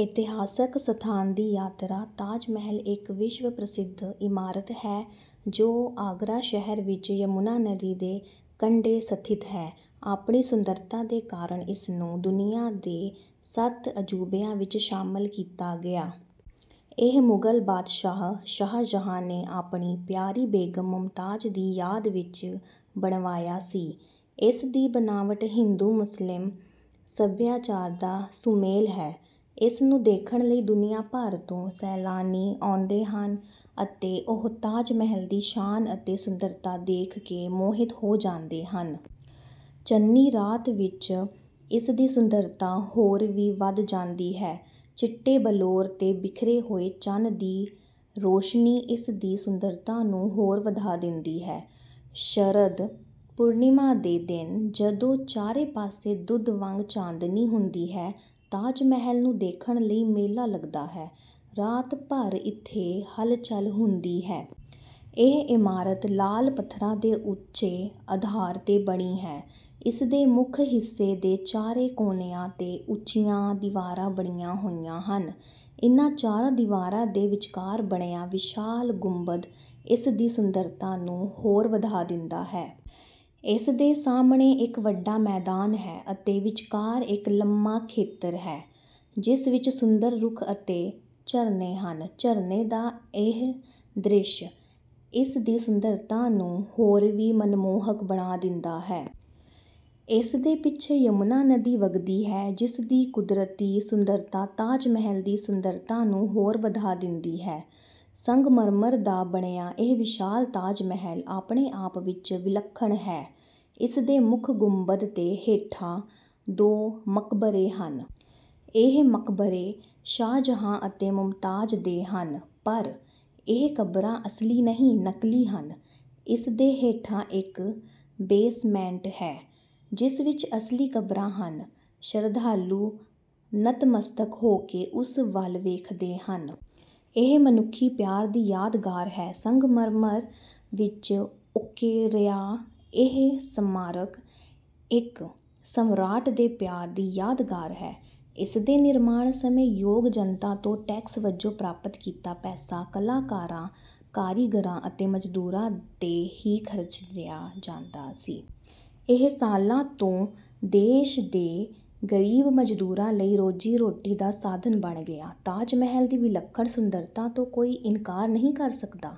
ਇਤਿਹਾਸਕ ਸਥਾਨ ਦੀ ਯਾਤਰਾ ਤਾਜ ਮਹਿਲ ਇੱਕ ਵਿਸ਼ਵ ਪ੍ਰਸਿੱਧ ਇਮਾਰਤ ਹੈ ਜੋ ਆਗਰਾ ਸ਼ਹਿਰ ਵਿੱਚ ਯਮੁਨਾ ਨਦੀ ਦੇ ਕੰਢੇ ਸਥਿਤ ਹੈ। ਆਪਣੀ ਸੁੰਦਰਤਾ ਦੇ ਕਾਰਨ ਇਸਨੂੰ ਦੁਨੀਆ ਦੇ ਸੱਤ ਅਜੂਬਿਆਂ ਵਿੱਚ ਸ਼ਾਮਲ ਕੀਤਾ ਗਿਆ। ਇਹ ਮੁਗਲ ਬਾਦਸ਼ਾਹ ਸ਼ਾਹਜਹਾਂ ਨੇ ਆਪਣੀ ਪਿਆਰੀ ਬੇਗਮ ਮੁਮਤਾਜ਼ ਦੀ ਯਾਦ ਵਿੱਚ ਬਣਵਾਇਆ ਸੀ। ਇਸ ਦੀ ਬਨਾਵਟ ਹਿੰਦੂ-ਮੁਸਲਿਮ ਸੱਭਿਆਚਾਰ ਦਾ ਸੁਮੇਲ ਹੈ। ਇਸ ਨੂੰ ਦੇਖਣ ਲਈ ਦੁਨੀਆ ਭਰ ਤੋਂ ਸੈਲਾਨੀ ਆਉਂਦੇ ਹਨ। ਅਤੇ ਉਹ ਤਾਜ ਮਹਿਲ ਦੀ ਸ਼ਾਨ ਅਤੇ ਸੁੰਦਰਤਾ ਦੇਖ ਕੇ ਮੋਹਿਤ ਹੋ ਜਾਂਦੇ ਹਨ। ਚੰਨੀ ਰਾਤ ਵਿੱਚ ਇਸ ਦੀ ਸੁੰਦਰਤਾ ਹੋਰ ਵੀ ਵੱਧ ਜਾਂਦੀ ਹੈ। ਚਿੱਟੇ ਬਲੌਰ 'ਤੇ ਬਿਖਰੇ ਹੋਏ ਚੰਨ ਦੀ ਰੌਸ਼ਨੀ ਇਸ ਦੀ ਸੁੰਦਰਤਾ ਨੂੰ ਹੋਰ ਵਧਾ ਦਿੰਦੀ ਹੈ। ਸ਼ਰਦ ਪੂਰਨਿਮਾ ਦੇ ਦਿਨ ਜਦੋਂ ਚਾਰੇ ਪਾਸੇ ਦੁੱਧ ਵਾਂਗ ਚਾਂਦਨੀ ਹੁੰਦੀ ਹੈ, ਤਾਜ ਮਹਿਲ ਨੂ ਦੇਖਣ ਲਈ ਮੇਲਾ ਲੱਗਦਾ ਹੈ, ਰਾਤ ਭਰ ਇੱਥੇ ਹਲਚਲ ਹੁੰਦੀ ਹੈ। ਇਹ ਇਮਾਰਤ ਲਾਲ ਪੱਥਰਾਂ ਦੇ ਉੱਚੇ ਅਧਾਰ 'ਤੇ ਬਣੀ ਹੈ। ਇਸ ਦੇ ਮੁੱਖ ਹਿੱਸੇ ਦੇ ਚਾਰੇ ਕੋਨਿਆਂ 'ਤੇ ਉੱਚੀਆਂ ਦੀਵਾਰਾਂ ਬਣੀਆਂ ਹੋਈਆਂ ਹਨ। ਇਨ੍ਹਾਂ ਚਾਰਾਂ ਦੀਵਾਰਾਂ ਦੇ ਵਿਚਕਾਰ ਬਣਿਆ ਵਿਸ਼ਾਲ ਗੁੰਬਦ ਇਸ ਦੀ ਸੁੰਦਰਤਾ ਨੂੰ ਹੋਰ ਵਧਾ ਦਿੰਦਾ ਹੈ। ਇਸ ਦੇ ਸਾਹਮਣੇ ਇੱਕ ਵੱਡਾ ਮੈਦਾਨ ਹੈ। ਅਤੇ ਵਿਚਕਾਰ ਇੱਕ ਲੰਮਾ ਖੇਤਰ ਹੈ, ਜਿਸ ਵਿੱਚ ਸੁੰਦਰ ਰੁੱਖ ਅਤੇ ਝਰਨੇ ਹਨ। ਝਰਨੇ ਦਾ ਇਹ ਦ੍ਰਿਸ਼ ਇਸ ਦੀ ਸੁੰਦਰਤਾ ਨੂੰ ਹੋਰ ਵੀ ਮਨਮੋਹਕ ਬਣਾ ਦਿੰਦਾ ਹੈ। ਇਸ ਦੇ ਪਿੱਛੇ ਯਮੁਨਾ ਨਦੀ ਵਗਦੀ ਹੈ, ਜਿਸ ਦੀ ਕੁਦਰਤੀ ਸੁੰਦਰਤਾ ਤਾਜ ਮਹਿਲ ਦੀ ਸੁੰਦਰਤਾ ਨੂੰ ਹੋਰ ਵਧਾ ਦਿੰਦੀ ਹੈ। ਸੰਗਮਰਮਰ ਦਾ ਬਣਿਆ ਇਹ ਵਿਸ਼ਾਲ ਤਾਜ ਮਹਿਲ ਆਪਣੇ ਆਪ ਵਿੱਚ ਵਿਲੱਖਣ ਹੈ। ਇਸ ਦੇ ਮੁੱਖ ਗੁੰਬਦ ਦੇ ਹੇਠਾਂ ਦੋ ਮਕਬਰੇ ਹਨ। ਇਹ ਮਕਬਰੇ ਸ਼ਾਹਜਹਾਂ ਅਤੇ ਮੁਮਤਾਜ਼ ਦੇ ਹਨ। ਪਰ ਇਹ ਕਬਰਾਂ ਅਸਲੀ ਨਹੀਂ, ਨਕਲੀ ਹਨ। ਇਸ ਦੇ ਹੇਠਾਂ ਇੱਕ ਬੇਸਮੈਂਟ ਹੈ, ਜਿਸ ਵਿੱਚ ਅਸਲੀ ਕਬਰਾਂ ਹਨ। ਸ਼ਰਧਾਲੂ ਨਤਮਸਤਕ ਹੋ ਕੇ ਉਸ ਵੱਲ ਵੇਖਦੇ ਹਨ। ਇਹ ਮਨੁੱਖੀ ਪਿਆਰ ਦੀ ਯਾਦਗਾਰ ਹੈ। ਸੰਗਮਰਮਰ ਵਿੱਚ ਉੱਕਰਿਆ, ਇਹ ਸਮਾਰਕ ਇੱਕ ਸਮਰਾਟ ਦੇ ਪਿਆਰ ਦੀ ਯਾਦਗਾਰ ਹੈ। ਇਸ ਦੇ ਨਿਰਮਾਣ ਸਮੇਂ, ਯੋਗ ਜਨਤਾ ਤੋਂ ਟੈਕਸ ਵਜੋਂ ਪ੍ਰਾਪਤ ਕੀਤਾ ਪੈਸਾ ਕਲਾਕਾਰਾਂ, ਕਾਰੀਗਰਾਂ ਅਤੇ ਮਜ਼ਦੂਰਾਂ 'ਤੇ ਹੀ ਖਰਚਿਆ ਜਾਂਦਾ ਸੀ। ਇਹ ਸਾਲਾਂ ਤੋਂ ਦੇਸ਼ ਦੇ ਗਰੀਬ ਮਜ਼ਦੂਰਾਂ ਲਈ ਰੋਜ਼ੀ-ਰੋਟੀ ਦਾ ਸਾਧਨ ਬਣ ਗਿਆ। ਤਾਜ ਮਹਿਲ ਦੀ ਵਿਲੱਖਣ ਸੁੰਦਰਤਾ ਤੋਂ ਕੋਈ ਇਨਕਾਰ ਨਹੀਂ ਕਰ ਸਕਦਾ।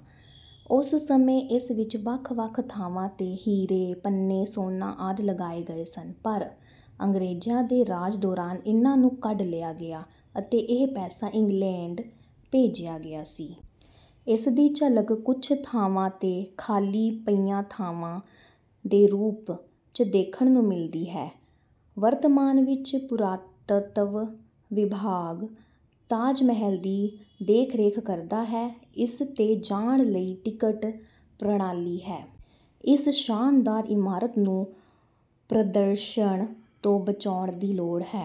ਉਸ ਸਮੇਂ ਇਸ ਵਿਚ ਵੱਖ-ਵੱਖ ਥਾਵਾਂ 'ਤੇ ਹੀਰੇ, ਪੰਨੇ, ਸੋਨਾ ਆਦਿ ਲਗਾਏ ਗਏ ਸਨ ਪਰ ਅੰਗਰੇਜ਼ਾਂ ਦੇ ਰਾਜ ਦੌਰਾਨ ਇਨ੍ਹਾਂ ਨੂੰ ਕੱਢ ਲਿਆ ਗਿਆ ਅਤੇ ਇਹ ਪੈਸਾ ਇੰਗਲੈਂਡ ਭੇਜਿਆ ਗਿਆ ਸੀ। ਇਸ ਦੀ ਝਲਕ ਕੁਝ ਥਾਵਾਂ 'ਤੇ ਖਾਲੀ ਪਈਆਂ ਥਾਵਾਂ ਦੇ ਰੂਪ 'ਚ ਦੇਖਣ ਨੂੰ ਮਿਲਦੀ ਹੈ। ਵਰਤਮਾਨ ਵਿੱਚ, ਪੁਰਾਤੱਤਵ ਵਿਭਾਗ ਤਾਜ ਮਹਿਲ ਦੀ ਦੇਖ-ਰੇਖ ਕਰਦਾ ਹੈ। ਇਸ 'ਤੇ ਜਾਣ ਲਈ ਟਿਕਟ ਪ੍ਰਣਾਲੀ ਹੈ। ਇਸ ਸ਼ਾਨਦਾਰ ਇਮਾਰਤ ਨੂੰ ਪ੍ਰਦੂਸ਼ਣ ਤੋਂ ਬਚਾਉਣ ਦੀ ਲੋੜ ਹੈ।